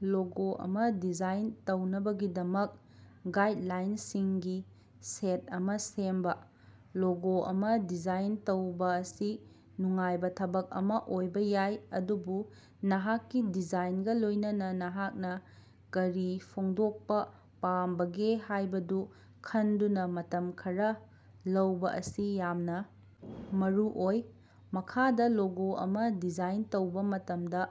Logo ꯑꯃ design ꯇꯧꯅꯕꯒꯤꯗꯃꯛ ꯒꯥꯏ꯭ꯗꯂꯥꯏꯟꯁꯤꯡꯒꯤ ꯁꯦꯠ ꯑꯃ ꯁꯦꯝꯕ꯫ ꯂꯣꯒꯣ ꯑꯃ ꯗꯤꯖꯥꯏꯟ ꯇꯧꯕ ꯑꯁꯤ ꯅꯨꯡꯉꯥꯏꯕ ꯊꯕꯛ ꯑꯃ ꯑꯣꯏꯕ ꯌꯥꯏ, ꯑꯗꯨꯕꯨ ꯅꯍꯥꯛꯀꯤ ꯗꯤꯖꯥꯏꯟꯒ ꯂꯣꯏꯅꯅ ꯅꯍꯥꯛꯅ ꯀꯔꯤ ꯐꯣꯡꯗꯣꯛꯄ ꯄꯥꯝꯂꯤꯕꯒꯦ ꯍꯥꯏꯕꯗꯨ ꯈꯟꯗꯨꯅ ꯃꯇꯝ ꯈꯔ ꯂꯧꯕ ꯑꯁꯤ ꯌꯥꯝꯅ ꯃꯔꯨꯑꯣꯏ꯫ ꯃꯈꯥꯗ ꯂꯣꯒꯣ ꯑꯃ ꯗꯤꯖꯥꯏꯟ ꯇꯧꯕ ꯃꯇꯝꯗ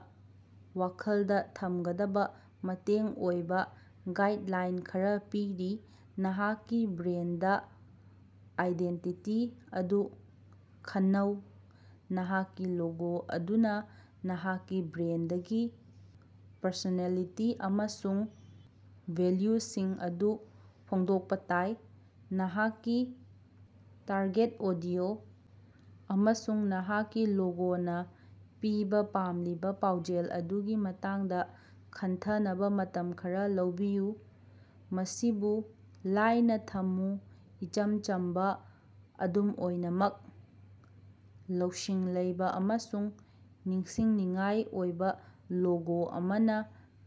ꯋꯥꯈꯜꯗ ꯊꯝꯒꯗꯕ ꯃꯇꯦꯡ ꯑꯣꯏꯕ ꯒꯥꯏ꯭ꯗꯂꯥꯏꯟ ꯈꯔ ꯄꯤꯔꯤ ꯅꯍꯥꯛꯀꯤ ꯕ꯭ꯔꯥꯟꯗ ꯑꯥꯏꯗꯦꯟꯇꯤꯇꯤ ꯑꯗꯨ ꯈꯟꯅꯧ ꯅꯍꯥꯛꯀꯤ ꯂꯣꯒꯣ ꯑꯗꯨꯅ ꯅꯍꯥꯛꯀꯤ ꯕ꯭ꯔꯥꯟꯗꯒꯤ ꯄ꯭ꯔꯁꯣꯅꯦꯂꯤꯇꯤ ꯑꯃꯁꯨꯡ ꯚꯦꯂ꯭ꯌꯨꯁꯤꯡ ꯑꯗꯨ ꯐꯣꯡꯗꯣꯛꯄ‌ ꯇꯥꯏ꯫ ꯅꯍꯥꯛꯀꯤ ꯇꯥ꯭ꯔꯒꯦꯠ ꯑꯣꯗꯤꯑꯣ ꯑꯃꯁꯨꯡ ꯅꯍꯥꯛꯀꯤ ꯂꯣꯒꯣꯅ ꯄꯤꯕ ꯄꯥꯝꯂꯤꯕ ꯄꯥꯎꯖꯦꯜ ꯑꯗꯨꯒꯤ ꯃꯇꯥꯡꯗ ꯈꯟꯊꯅꯕ ꯃꯇꯝ ꯈꯔ ꯂꯧꯕꯤꯌꯨ꯫ ꯃꯁꯤꯕꯨ ꯂꯥꯏꯅꯥ ꯊꯝꯃꯨ ꯏꯆꯝ ꯆꯝꯕ ꯑꯗꯨꯝ ꯑꯣꯏꯅꯃꯛ ꯂꯧꯁꯤꯡ ꯂꯩꯕ ꯑꯃꯁꯨꯡ ꯅꯤꯡꯁꯤꯡꯅꯤꯡꯉꯥꯏ ꯑꯣꯏꯕ ꯂꯣꯒꯣ ꯑꯃꯅ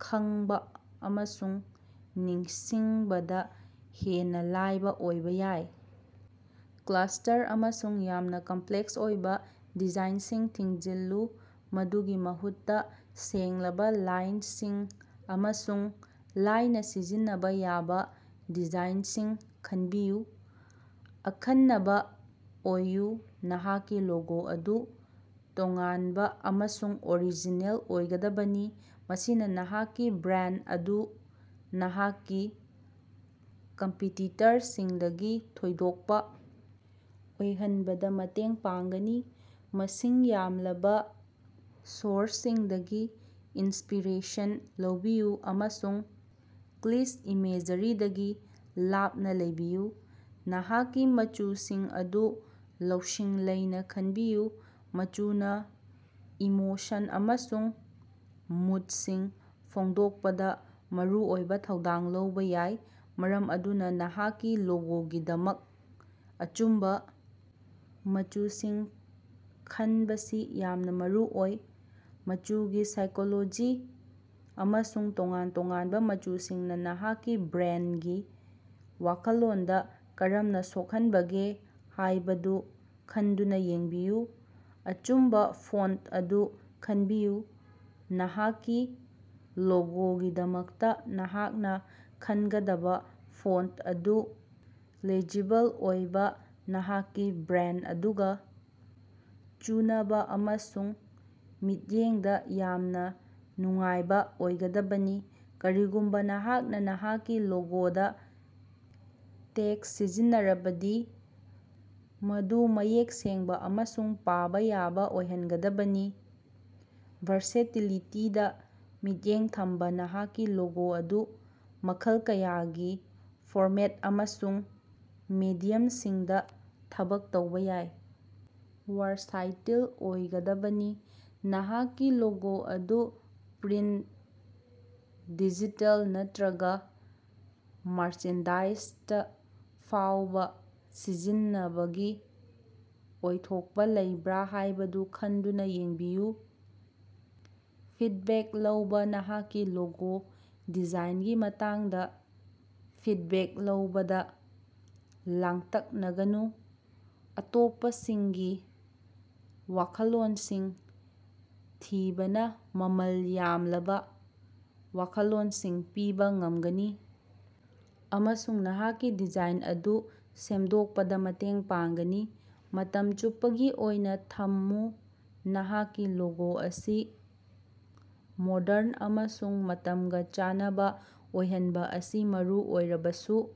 ꯈꯪꯕ ꯑꯃꯁꯨꯡ ꯅꯤꯡꯁꯤꯡꯕꯗ ꯍꯦꯟꯅ ꯂꯥꯏꯕ ꯑꯣꯏꯕ‌ ꯌꯥꯏ꯫ ꯀ꯭ꯂꯥꯁꯇꯔ ꯑꯃꯁꯨꯡ ꯌꯥꯝꯅ ꯀꯝꯄ꯭ꯂꯦꯛꯁ ꯑꯣꯏꯕ ꯗꯤꯖꯥꯏꯟꯁꯤꯡ ꯊꯤꯡꯖꯤꯜꯂꯨ ꯃꯗꯨꯒꯤ ꯃꯍꯨꯠꯇ ꯁꯦꯡꯂꯕ ꯂꯥꯏꯟꯁꯤꯡ ꯑꯃꯁꯨꯡ ꯂꯥꯏꯅꯥ ꯁꯤꯖꯤꯟꯅꯕ ꯌꯥꯕ ꯗꯤꯖꯥꯏꯟꯁꯤꯡ ꯈꯟꯕꯤꯌꯨ꯫ ꯑꯈꯟꯅꯕ ꯑꯣꯏꯌ‌ꯨ ꯅꯍꯥꯛꯀꯤ ꯂꯣꯒꯣ ꯑꯗꯨ ꯇꯣꯉꯥꯟꯕ ꯑꯃꯁꯨꯡ ꯑꯣꯔꯤꯖꯤꯅꯦꯜ ꯑꯣꯏꯒꯗꯕꯅꯤ, ꯃꯁꯤꯅ ꯅꯍꯥꯛꯀꯤ ꯕ꯭ꯔꯥꯟꯗ ꯑꯗꯨ ꯅꯍꯥꯛꯀꯤ ꯀꯝꯄꯤꯇꯤꯇꯔꯁꯤꯡꯗꯒꯤ ꯊꯣꯏꯗꯣꯛꯄ‌ ꯑꯣꯏꯍꯟꯕꯗ ꯃꯇꯦꯡ ꯄꯥꯡꯒꯅꯤ꯫ ꯃꯁꯤꯡ ꯌꯥꯝꯂꯕ ꯁꯣꯔ꯭ꯁꯁꯤꯡꯗꯒꯤ ꯏꯟ꯭ꯁꯄꯤꯔꯦꯁꯟ ꯂꯧꯕꯤꯌꯨ ꯑꯃꯁꯨꯡ ꯀ꯭ꯂꯤꯆ ꯏꯃꯦꯖꯔꯤꯗꯒꯤ ꯂꯥꯞꯅ ꯂꯩꯕꯤꯌꯨ꯫ ꯅꯍꯥꯛꯀꯤ ꯃꯆꯨꯁꯤꯡ ꯑꯗꯨ ꯂꯧꯁꯤꯡ ꯂꯩꯅ ꯈꯟꯕꯤꯌꯨ ꯃꯆꯨꯅ ꯏꯃꯣꯁꯟ ꯑꯃꯁꯨꯡ ꯃꯨꯗꯁꯤꯡ ꯐꯣꯡꯗꯣꯛꯄꯗ ꯃꯔꯨꯑꯣꯏꯕ ꯊꯧꯗꯥꯡ ꯂꯧꯕ ꯌꯥꯏ, ꯃꯔꯝ ꯑꯗꯨꯅ ꯅꯍꯥꯛꯀꯤ ꯂꯣꯒꯣꯒꯤꯗꯃꯛ ꯑꯆꯨꯝꯕ ꯃꯆꯨꯁꯤꯡ ꯈꯟꯕꯁꯤ ꯌꯥꯝꯅ ꯃꯔꯨꯑꯣꯏ꯫ ꯃꯆꯨꯒꯤ ꯁꯥꯏꯀꯣꯂꯣꯖꯤ ꯑꯃꯁꯨꯡ ꯇꯣꯉꯥꯟ ꯇꯣꯉꯥꯟꯕ ꯃꯆꯨꯁꯤꯡꯅ ꯅꯍꯥꯛꯀꯤ ꯕ꯭ꯔꯥꯟꯗꯒꯤ ꯋꯥꯈꯜꯂꯣꯟꯗ ꯀꯔꯝꯅ ꯁꯣꯛꯍꯟꯕꯒꯦ ꯍꯥꯏꯕꯗꯨ ꯈꯟꯗꯨꯅ ꯌꯦꯡꯕꯤꯌꯨ꯫ ꯑꯆꯨꯝꯕ ꯐꯣꯟ꯭ꯇ ꯑꯗꯨ ꯈꯟꯕꯤꯌꯨ ꯅꯍꯥꯛꯀꯤ ꯂꯣꯒꯣꯒꯤꯗꯃꯛꯇ ꯅꯍꯥꯛꯅ ꯈꯟꯒꯗꯕ ꯐꯣꯟ꯭ꯇ ꯑꯗꯨ ꯂꯦꯖꯤꯕꯜ ꯑꯣꯏꯕ ꯅꯍꯥꯛꯀꯤ ꯕ꯭ꯔꯥꯟꯗ ꯑꯗꯨꯒ ꯆꯨꯅꯕ ꯑꯃꯁꯨꯡ ꯃꯤꯠꯌꯦꯡꯗ‌ ꯌꯥꯝꯅ ꯅꯨꯡꯉꯥꯏꯕ ꯑꯣꯏꯒꯗꯕꯅꯤ꯫ ꯀꯔꯤꯒꯨꯝꯕ ꯅꯍꯥꯛꯅ ꯅꯍꯥꯛꯀꯤ ꯂꯣꯒꯣꯗ ꯇꯦꯛ꯭ꯁꯠ ꯁꯤꯖꯤꯟꯅꯔꯕꯗꯤ, ꯃꯗꯨ ꯃꯌꯦꯛ ꯁꯦꯡꯕ ꯑꯃꯁꯨꯡ ꯄꯥꯕ ꯌꯥꯕ ꯑꯣꯏꯍꯟꯒꯗꯕꯅꯤ꯫ ꯚꯥꯔꯁꯦꯇꯤꯂꯤꯇꯤꯗ ꯃꯤꯠꯌꯦꯡ ꯊꯝꯕ ꯅꯍꯥꯛꯀꯤ ꯂꯣꯒꯣ ꯑꯗꯨ ꯃꯈꯜ ꯀꯌꯥꯒꯤ ꯐꯣꯔꯃꯦꯠ ꯑꯃꯁꯨꯡ ꯃꯦꯗꯤꯌꯝꯁꯤꯡꯗ ꯊꯕꯛ ꯇꯧꯕ ꯌꯥꯕ ꯋꯥꯔꯁꯥꯏꯇꯤꯜ ꯑꯣꯏꯒꯗꯕꯅꯤ꯫ ꯅꯍꯥꯛꯀꯤ ꯂꯣꯒꯣ ꯑꯗꯨ ꯄ꯭ꯔꯤꯟꯇ, ꯗꯤꯖꯤꯇꯦꯜ ꯅꯠꯇꯔꯒ ꯃꯥꯔꯆꯦꯟꯗꯥꯏ꯭ꯖꯗ‌ ꯐꯥꯎꯕ ꯁꯤꯖꯤꯟꯅꯕꯒꯤ ꯑꯣꯏꯊꯣꯛꯄ ꯂꯩꯕ꯭ꯔꯥ ꯍꯥꯏꯕꯗꯨ ꯈꯟꯗꯨꯅ ꯌꯦꯡꯕꯤꯌꯨ꯫ ꯐꯤꯗꯕꯦꯛ ꯂꯧꯕ ꯅꯍꯥꯛꯀꯤ ꯂꯣꯒꯣ ꯗꯤꯖꯥꯏꯟꯒꯤ ꯃꯇꯥꯡꯗ ꯐꯤꯗꯕꯦꯛ ꯂꯧꯕꯗ ꯂꯥꯡꯇꯛꯅꯒꯅꯨ꯫ ꯑꯇꯣꯞꯄꯁꯤꯡꯒꯤ ꯋꯥꯈꯜꯂꯣꯟꯁꯤꯡ ꯊꯤꯕꯅ ꯃꯃꯜ ꯌꯥꯝꯂꯕ ꯋꯥꯈꯜꯂꯣꯟꯁꯤꯡ ꯄꯤꯕ ꯉꯝꯒꯅꯤ ꯑꯃꯁꯨꯡ ꯅꯍꯥꯛꯀꯤ ꯗꯤꯖꯥꯏꯟ ꯑꯗꯨ ꯁꯦꯝꯗꯣꯛꯄꯗ ꯃꯇꯦꯡ ꯄꯥꯡꯒꯅꯤ꯫ ꯃꯇꯝ ꯆꯨꯞꯄꯒꯤ ꯑꯣꯏꯅ ꯊꯝꯃꯨ ꯅꯍꯥꯛꯀꯤ ꯂꯣꯒꯣ ꯑꯁꯤ ꯃꯣꯗ꯭ꯔꯟ ꯑꯃꯁꯨꯡ ꯃꯇꯝꯒ ꯆꯥꯟꯅꯕ ꯑꯣꯏꯍꯟꯕ ꯑꯁꯤ ꯃꯔꯨ ꯑꯣꯏꯔꯕꯁꯨ,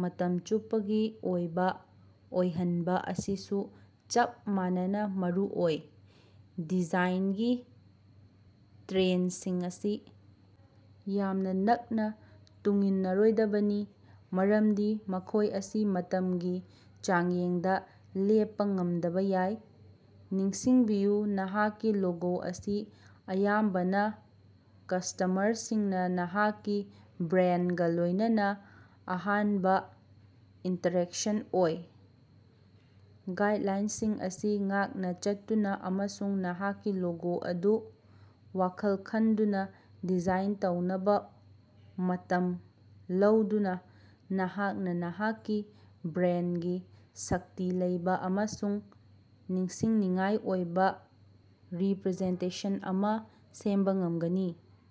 ꯃꯇꯝ ꯆꯨꯞꯄꯒꯤ ꯑꯣꯏꯕ ꯑꯣꯏꯍꯟꯕ ꯑꯁꯤꯁꯨ ꯆꯞ ꯃꯥꯟꯅꯅ ꯃꯔꯨꯑꯣꯏ꯫ ꯗꯤꯖꯥꯏꯟꯒꯤ ꯇ꯭ꯔꯦꯟꯗꯁꯤꯡ ꯑꯁꯤ ꯌꯥꯝꯅ ꯅꯛꯅ ꯇꯨꯡ ꯏꯟꯅꯔꯣꯏꯗꯕꯅꯤ, ꯃꯔꯝꯗꯤ ꯃꯈꯣꯏ ꯑꯁꯤ ꯃꯇꯝꯒꯤ ꯆꯥꯡꯌꯦꯡꯗ ꯂꯦꯞꯄ ꯉꯝꯗꯕ ꯌꯥꯏ꯫ ꯅꯤꯡꯁꯤꯡꯕꯤꯌꯨ ꯅꯍꯥꯛꯀꯤ ꯂꯣꯒꯣ ꯑꯁꯤ ꯑꯌꯥꯝꯕꯅ ꯀꯁ꯭ꯇꯃꯔꯁꯤꯡꯅ ꯅꯍꯥꯛꯀꯤ ꯕ꯭ꯔꯥꯟꯗꯒ ꯂꯣꯏꯅꯅ ꯑꯍꯥꯟꯕ ꯏꯟꯇꯔꯦꯛꯁꯟ ꯑꯣꯏ꯫ ꯒꯥꯏꯗ꯭ꯂꯥꯏꯟꯁꯤꯡ ꯑꯁꯤ ꯉꯥꯛꯅ ꯆꯠꯇꯨꯅ ꯑꯃꯁꯨꯡ ꯅꯍꯥꯛꯀꯤ ꯂꯣꯒꯣ ꯑꯗꯨ ꯋꯥꯈꯜ ꯈꯟꯗꯨꯅ ꯗꯤꯖꯥꯏꯟ ꯇꯧꯅꯕ ꯃꯇꯝ ꯂꯧꯗꯨꯅ ꯅꯍꯥꯛꯅ ꯅꯍꯥꯛꯀꯤ ꯕ꯭ꯔꯥꯟꯗꯒꯤ ꯁꯛꯇꯤ ꯂꯩꯕ ꯑꯃꯁꯨꯡ ꯅꯤꯡꯁꯤꯡꯅꯤꯡꯉꯥꯏ ꯑꯣꯏꯕ ꯔꯤꯄꯔꯖꯦꯟꯇꯦꯁꯟ ꯑꯃ ꯁꯦꯝꯕ ꯉꯝꯒꯅꯤ꯫।